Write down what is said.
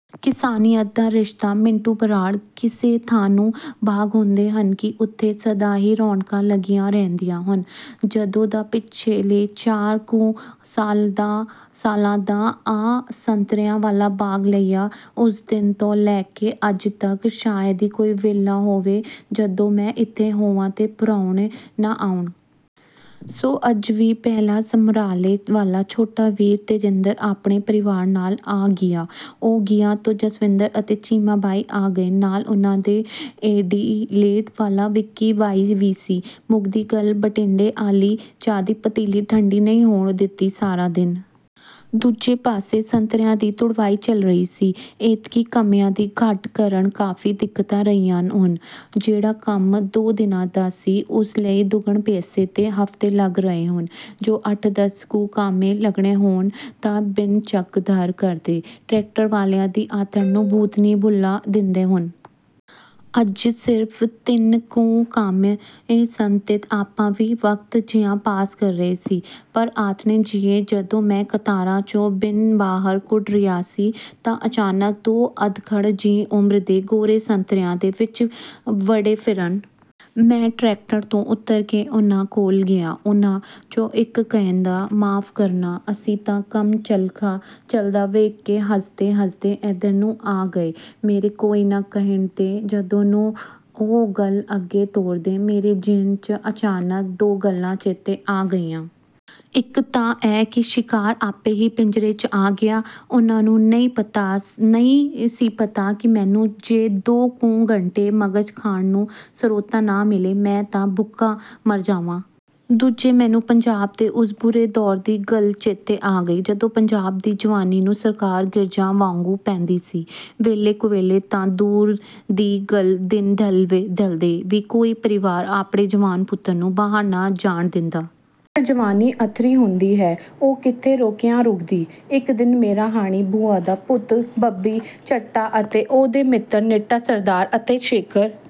ਕਿਸਾਨੀਅਤ ਦਾ ਰਿਸ਼ਤਾ – ਮਿੰਟੂ ਬਰਾੜ: ਕਿਸੇ ਥਾਂ ਨੂੰ ਭਾਗ ਹੁੰਦੇ ਹਨ ਕਿ ਉੱਥੇ ਸਦਾ ਹੀ ਰੌਣਕਾਂ ਲੱਗੀਆਂ ਰਹਿੰਦੀਆਂ ਹਨ। ਜਦੋਂ ਦਾ ਪਿਛਲੇ ਚਾਰ ਕੁ ਸਾਲਾਂ ਦਾ ਆਹ ਸੰਤਰਿਆਂ ਵਾਲਾ ਬਾਗ਼ ਲਿਆ, ਉਸ ਦਿਨ ਤੋਂ ਲੈ ਕੇ ਅੱਜ ਤੱਕ ਸ਼ਾਇਦ ਹੀ ਕੋਈ ਵੇਲਾ ਹੋਵੇ, ਜਦੋਂ ਮੈਂ ਇੱਥੇ ਹੋਵਾਂ ਤੇ ਪ੍ਰਾਹੁਣੇ ਨਾ ਆਉਣ। ਸੋ ਅੱਜ ਵੀ ਪਹਿਲਾਂ ਸਮਰਾਲੇ ਵਾਲਾ ਛੋਟਾ ਵੀਰ ਤੇਜਿੰਦਰ ਆਪਣੇ ਪਰਿਵਾਰ ਨਾਲ ਆ ਗਿਆ। ਉਹ ਗਿਆ ਤਾਂ ਜਸਵਿੰਦਰ ਅਤੇ ਚੀਮਾ ਬਾਈ ਆ ਗਏ। ਨਾਲ ਉਹਨਾਂ ਦੇ ਐਡੀਲੇਡ ਵਾਲਾ ਵਿਕੀ ਬਾਈ ਵੀ ਸੀ। ਮੁੱਕਦੀ ਗੱਲ, ਬਠਿੰਡੇ ਆਲ਼ੀ ਚਾਹ ਦੀ ਪਤੀਲੀ ਠੰਢੀ ਨਹੀਂ ਹੋਣ ਦਿੱਤੀ ਸਾਰਾ ਦਿਨ। ਦੂਜੇ ਪਾਸੇ ਸੰਤਰਿਆਂ ਦੀ ਤੁੜਵਾਈ ਚੱਲ ਰਹੀ ਸੀ। ਐਤਕੀਂ ਕਮਿਆਂ ਦੀ ਘਾਟ ਕਾਰਨ ਕਾਫ਼ੀ ਦਿੱਕਤਾਂ ਰਹੀਆਂ ਹੋਨ। ਜਿਹੜਾ ਕੰਮ ਦੋ ਦਿਨਾਂ ਦਾ ਸੀ, ਉਸ ਲਈ ਦੁੱਗਣੇ ਪੈਸੇ ਤੇ ਹਫ਼ਤੇ ਲੱਗ ਰਹੇ ਹੋਨ। ਜੇ ਅੱਠ-ਦੱਸ ਕੁ ਕਾਮੇ ਲੱਗਣੇ ਹੋਣ ਤਾਂ ਬਿੰਨ ਚੱਕ-ਧਰ ਕਰਦੇ ਟਰੈਕਟਰ ਵਾਲਿਆਂ ਦੀ ਆਥਣ ਨੂੰ ਭੂਤਨੀ ਭੂਲਾ ਦਿੰਦੇ ਹੋਨ। ਅੱਜ ਸਿਰਫ਼ ਤਿੰਨ ਕੁ ਕਾਮੇ ਸਨ ਤੇ ਆਪਾਂ ਵੀ ਵਕਤ ਜਿਹਾ ਪਾਸ ਕਰ ਰਹੇ ਸੀ। ਪਰ ਆਥਣੇ ਜਿਹੇ, ਜਦੋਂ ਮੈਂ ਕਤਾਰਾਂ 'ਚੋਂ ਬਿੰਨ ਬਾਹਰ ਕੁੱਢ ਰਿਹਾ ਸੀ, ਤਾਂ ਅਚਾਨਕ ਦੋ ਅਧਖੜ ਜਿਹੀ ਉਮਰ ਦੇ ਗੋਰੇ ਸੰਤਰਿਆਂ ਦੇ ਵਿਚ ਵੜੇ ਫਿਰਨ। ਮੈਂ ਟਰੈਕਟਰ ਤੋਂ ਉੱਤਰ ਕੇ ਉਹਨਾਂ ਕੋਲ ਗਿਆ। ਉਹਨਾਂ 'ਚੋਂ ਇਕ ਕਹਿੰਦਾ, "ਮਾਫ਼ ਕਰਨਾ, ਅਸੀਂ ਤਾਂ ਕੰਮ ਚਲਦਾ ਵੇਖ ਕੇ ਹੱਸਦੇ-ਹੱਸਦੇ ਏਧਰ ਨੂੰ ਆ ਗਏ।" ਮੇਰੇ "ਕੋਈ ਨਾ" ਕਹਿਣ ਤੇ, ਜਦੋਂ ਨੂੰ ਉਹ ਗੱਲ ਅੱਗੇ ਤੋਰਦੇ, ਮੇਰੇ ਜ਼ਿਹਨ 'ਚ ਅਚਾਨਕ ਦੋ ਗੱਲਾਂ ਚੇਤੇ ਆ ਗਈਆਂ। ਇਕ ਤਾਂ ਇਹ ਕਿ ਸ਼ਿਕਾਰ ਆਪ ਹੀ ਪਿੰਜਰੇ 'ਚ ਆ ਗਿਆ। ਉਹਨਾਂ ਨੂੰ ਨਹੀਂ ਸੀ ਪਤਾ ਕਿ ਮੈਨੂੰ ਜੇ ਦੋ ਕੁ ਘੰਟੇ ਮਗ਼ਜ਼ ਖਾਣ ਨੂੰ ਸਰੋਤਾ ਨਾ ਮਿਲੇ, ਮੈਂ ਤਾਂ ਭੁੱਕਾ ਮਰ ਜਾਵਾਂ। ਦੂਜੇ, ਮੈਨੂੰ ਪੰਜਾਬ ਦੇ ਉਸ ਬੁਰੇ ਦੌਰ ਦੀ ਗੱਲ ਚੇਤੇ ਆ ਗਈ, ਜਦੋਂ ਪੰਜਾਬ ਦੀ ਜਵਾਨੀ ਨੂੰ ਸਰਕਾਰ ਗਿਰਝਾਂ ਵਾਂਗੂ ਪੈਂਦੀ ਸੀ। ਵੇਲੇ-ਕੁਵੇਲੇ ਤਾਂ ਦੂਰ ਦੀ ਗੱਲ, ਦਿਨ ਢਲਦੇ ਢਲਦੇ ਵੀ ਕੋਈ ਪਰਿਵਾਰ ਆਪਣੇ ਜਵਾਨ ਪੁੱਤਰ ਨੂੰ ਬਾਹਰ ਨਾ ਜਾਣ ਦਿੰਦਾ। ਪਰ ਜਵਾਨੀ ਅੱਥਰੀ ਹੁੰਦੀ ਹੈ, ਉਹ ਕਿੱਥੇ ਰੋਕਿਆਂ ਰੁਕਦੀ। ਇਕ ਦਿਨ ਮੇਰਾ ਹਾਣੀ ਭੂਆ ਦਾ ਪੁੱਤ ਬੱਬੀ ਚੱਠਾ ਅਤੇ ਉਹਦੇ ਮਿੱਤਰ ਨੀਟਾ ਸਰਦਾਰ ਅਤੇ ਸ਼ੇਖਰ...